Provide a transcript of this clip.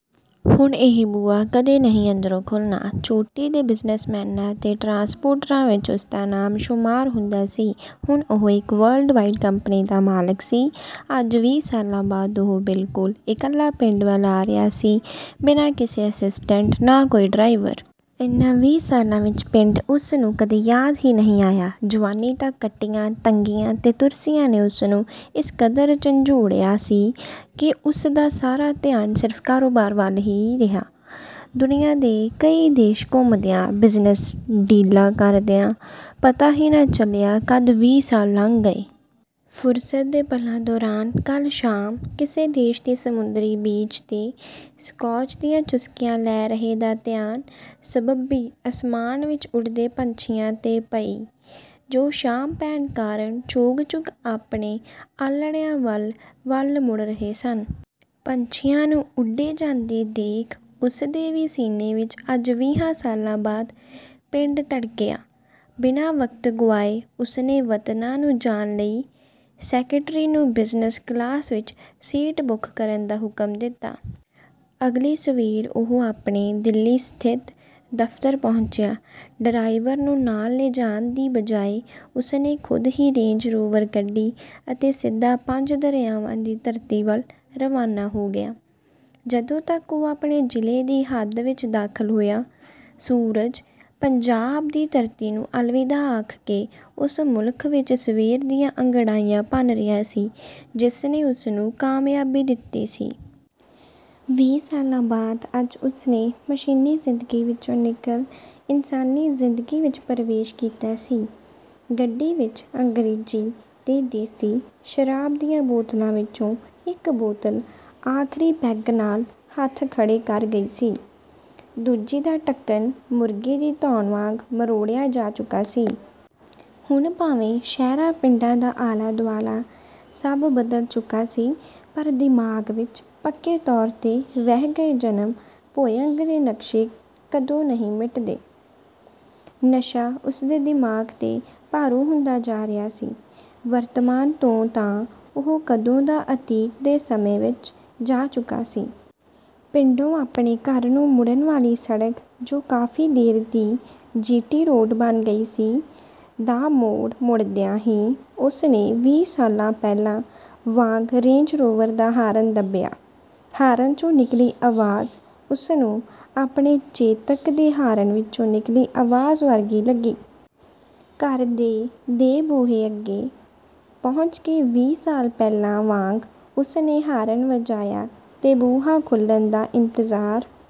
ਹੁਣ ਇਹ ਬੂਹਾ ਕਦੇ ਨਹੀ ਅੰਦਰੋ ਖੁੱਲਣਾ। ਚੋਟੀ ਦੇ ਬਿਜ਼ਨਸਮੈਨਾਂ ਅਤੇ ਟਰਾਂਸਪੋਰਟਰਾਂ ਵਿੱਚ ਉਸਦਾ ਨਾਮ ਸ਼ੁਮਾਰ ਹੁੰਦਾ ਸੀ। ਹੁਣ ਉਹ ਇੱਕ ਵਰਲਡ-ਵਾਈਡ ਕੰਪਨੀ ਦਾ ਮਾਲਕ ਸੀ। ਅੱਜ ਵੀਹ ਸਾਲਾ ਬਾਅਦ ਉਹ ਬਿਲਕੁਲ ਇਕੱਲਾ ਪਿੰਡ ਵੱਲ ਆ ਰਿਹਾ ਸੀ ਬਿਨਾ ਕਿਸੇ ਅਸਿਸਟੈਂਟ, ਨਾ ਕੋਈ ਡਰਾਇਵਰ। ਇਨ੍ਹਾਂ ਵੀਹ ਸਾਲਾਂ ਵਿੱਚ ਪਿੰਡ ਉਸਨੂੰ ਕਦੇ ਯਾਦ ਹੀ ਨਹੀਂ ਆਇਆ। ਜਵਾਨੀ ਤੱਕ ਕੱਟੀਆਂ ਤੰਗੀਆਂ ਤੇ ਤੁਰਸ਼ੀਆਂ ਨੇ ਉਸਨੂੰ ਇਸ ਕਦਰ ਝੰਜੋੜਿਆ ਸੀ ਕਿ ਉਸਦਾ ਸਾਰਾ ਧਿਆਨ ਸਿਰਫ਼ ਕਾਰੋਬਾਰ ਵੱਲ ਹੀ ਰਿਹਾ। ਦੁਨੀਆ ਦੇ ਕਈ ਦੇਸ਼ ਘੁੰਮਦਿਆ, ਬਿਜਨਸ਼ ਡੀਲ਼ਾ ਕਰਦਿਆ ਪਤਾ ਹੀ ਨਾ ਚੱਲਿਆ ਕਦ ਵੀਹ ਸਾਲ ਲੰਘ ਗਏ।। ਫੁਰਸਤ ਦੇ ਪਲਾ ਦੌਰਾਨ ਕੱਲ ਸ਼ਾਮ ਕਿਸੇ ਦੇਸ਼ ਦੀ ਸਮੁੰਦਰੀ ਬੀਚ ਤੇ ਸਕਾੱਚ ਦੀਆ ਚੁਸਕੀਆ ਲੈ ਰਹੇ ਦਾ ਧਿਆਨ ਸਬੱਬੀ ਅਸਮਾਨ ਵਿੱਚ ਉੱਡਦੇ ਪੰਛੀਆ ਤੇ ਪਈ, ਜੋ ਸ਼ਾਮ ਪੈਣ ਕਾਰਨ ਚੋਗ ਚੁਗ ਆਪਣੇ ਆਲਣਿਆ ਵੱਲ ਵੱਲ ਮੁੜ ਰਹੇ ਸਨ। ਪੰਛੀਆ ਨੂੰ ਉੱਡੇ ਜਾਂਦੇ ਦੇਖ ਉਸਦੇ ਵੀ ਸੀਨੇ ਵਿੱਚ ਅੱਜ ਵੀਹਾਂ ਸਾਲਾ ਬਾਅਦ ਪਿੰਡ ਧੜਕਿਆ, ਬਿਨਾ ਵਕਤ ਗੁਆਏ ਉਸਨੇ ਵਤਨਾਂ ਨੂੰ ਜਾਣ ਲਈ ਸੈਕੇਟਰੀ ਨੂੰ ਬਿਜਨਸ਼ ਕਲਾਸ ਵਿੱਚ ਸੀਟ ਬੁੱਕ ਕਰਨ ਦਾ ਹੁਕਮ ਦਿੱਤਾ। ਅਗਲੀ ਸਵੇਰ ਉਹ ਆਪਣੇ ਦਿੱਲੀ ਸਥਿਤ ਦਫ਼ਤਰ ਪਹੁੰਚਿਆ, ਡਰਾਈਵਰ ਨੂੰ ਨਾਲ ਲਿਜਾਣ ਦੀ ਬਜਾਏ ਉਸਨੇ ਖੁਦ ਹੀ ਰੇਂਜ ਰੋਵਰ ਕੱਢੀ ਅਤੇ ਸਿੱਧਾ ਪੰਜ ਦਰਿਆਵਾਂ ਦੀ ਧਰਤੀ ਵੱਲ ਰਵਾਨਾ ਹੋ ਗਿਆ। ਜਦੋਂ ਤੱਕ ਉਹ ਆਪਣੇ ਜ਼ਿਲ੍ਹੇ ਦੀ ਹੱਦ ਵਿੱਚ ਦਾਖ਼ਲ ਹੋਇਆ, ਸੂਰਜ ਪੰਜਾਬ ਦੀ ਧਰਤੀ ਨੂੰ ਅਲਵਿਦਾ ਆਖ ਕੇ ਉਸ ਮੁਲਕ ਵਿੱਚ ਸਵੇਰ ਦੀਆਂ ਅੰਗੜਾਈਆਂ ਭੰਨ ਰਿਹਾ ਸੀ, ਜਿਸ ਨੇ ਉਸਨੂੰ ਕਾਮਯਾਬੀ ਦਿੱਤੀ ਸੀ। ਵੀਹ ਸਾਲਾ ਬਾਅਦ ਅੱਜ ਉਸਨੇ ਮਸ਼ੀਨੀ ਜ਼ਿੰਦਗੀ ਵਿੱਚੋ ਨਿੱਕਲ ਇੰਨਸਾਨੀ ਜ਼ਿੰਦਗੀ ਵਿੱਚ ਪ੍ਰਵੇਸ਼ ਕੀਤਾ ਸੀ। ਗੱਡੀ ਵਿੱਚ ਅੰਗਰੇਜ਼ੀ ਤੇ ਦੇਸੀ ਸ਼ਰਾਬ ਦੀਆਂ ਬੋਤਲਾਂ ਵਿੱਚੋ ਇੱਕ ਬੋਤਲ ਆਖਰੀ ਪੈੱਗ ਨਾਲ ਹੱਥ ਖੜੇ ਕਰ ਗਈ ਸੀ, ਦੂਜੀ ਦਾ ਢੱਕਣ ਮੁਰਗ਼ੇ ਦੀ ਧੌਣ ਵਾਂਗ ਮਰੋੜਿਆ ਜਾ ਚੁੱਕਾ ਸੀ। ਹੁਣ ਭਾਵੇਂ ਸ਼ਹਿਰਾਂ ਪਿੰਡਾਂ ਦਾ ਆਲਾ ਦੁਆਲਾ ਸਭ ਬਦਲ ਚੁੱਕਾ ਸੀ ਪਰ ਦਿਮਾਗ ਵਿੱਚ ਪੱਕੇ ਤੌਰ ਤੇ ਵਹਿ ਗਏ ਜਨਮ ਭੋਇੰ ਦੇ ਨਕਸ਼ੇ ਕਦੋ ਨਹੀਂ ਮਿਟਦੇ। ਨਸ਼ਾ ਉਸਦੇ ਦਿਮਾਗ ਤੇ ਭਾਰੂ ਹੁੰਦਾ ਜਾ ਰਿਹਾ ਸੀ, ਵਰਤਮਾਨ ਤੋਂ ਤਾਂ ਉਹ ਕਦੋ ਦਾ ਅਤੀਤ ਦੇ ਸਮੇਂ ਵਿੱਚ ਜਾ ਚੁੱਕਾ ਸੀ। ਪਿੰਡੋਂ ਆਪਣੇ ਘਰ ਨੂੰ ਮੁੜਣ ਵਾਲੀ ਸੜਕ ਜੋ ਕਾਫ਼ੀ ਦੇਰ ਦੀ ਜੀ ਟੀ ਰੋਡ ਬਣ ਗਈ ਸੀ ਦਾ ਮੋੜ ਮੁੜਦਿਆ ਹੀ ਉਸਨੇ ਵੀਹ ਸਾਲਾ ਪਹਿਲਾ ਵਾਂਗ ਰੇਂਜ ਰੋਵਰ ਦਾ ਹਾਰਨ ਦੱਬਿਆ, ਹਾਰਨ ਚੋ ਨਿੱਕਲੀ ਅਵਾਜ ਉਸਨੂੰ ਆਪਣੇ ਚੇਤਕ ਦੇ ਹਾਰਨ ਵਿੱਚੋ ਨਿੱਕਲੀ ਅਵਾਜ ਵਰਗੀ ਲੱਗੀ। ਘਰਦੇ ਦੇ ਬੂਹੇ ਅੱਗੇ ਪਹੁੰਚ ਕੇ ਵੀਹ ਸਾਲ ਪਹਿਲਾ ਵਾਂਗ ਉਸਨੇ ਹਾਰਨ ਵਜਾਇਆ ਤੇ ਬੂਹਾ ਖੁੱਲਣ ਦਾ ਇੰਤਜਾਰ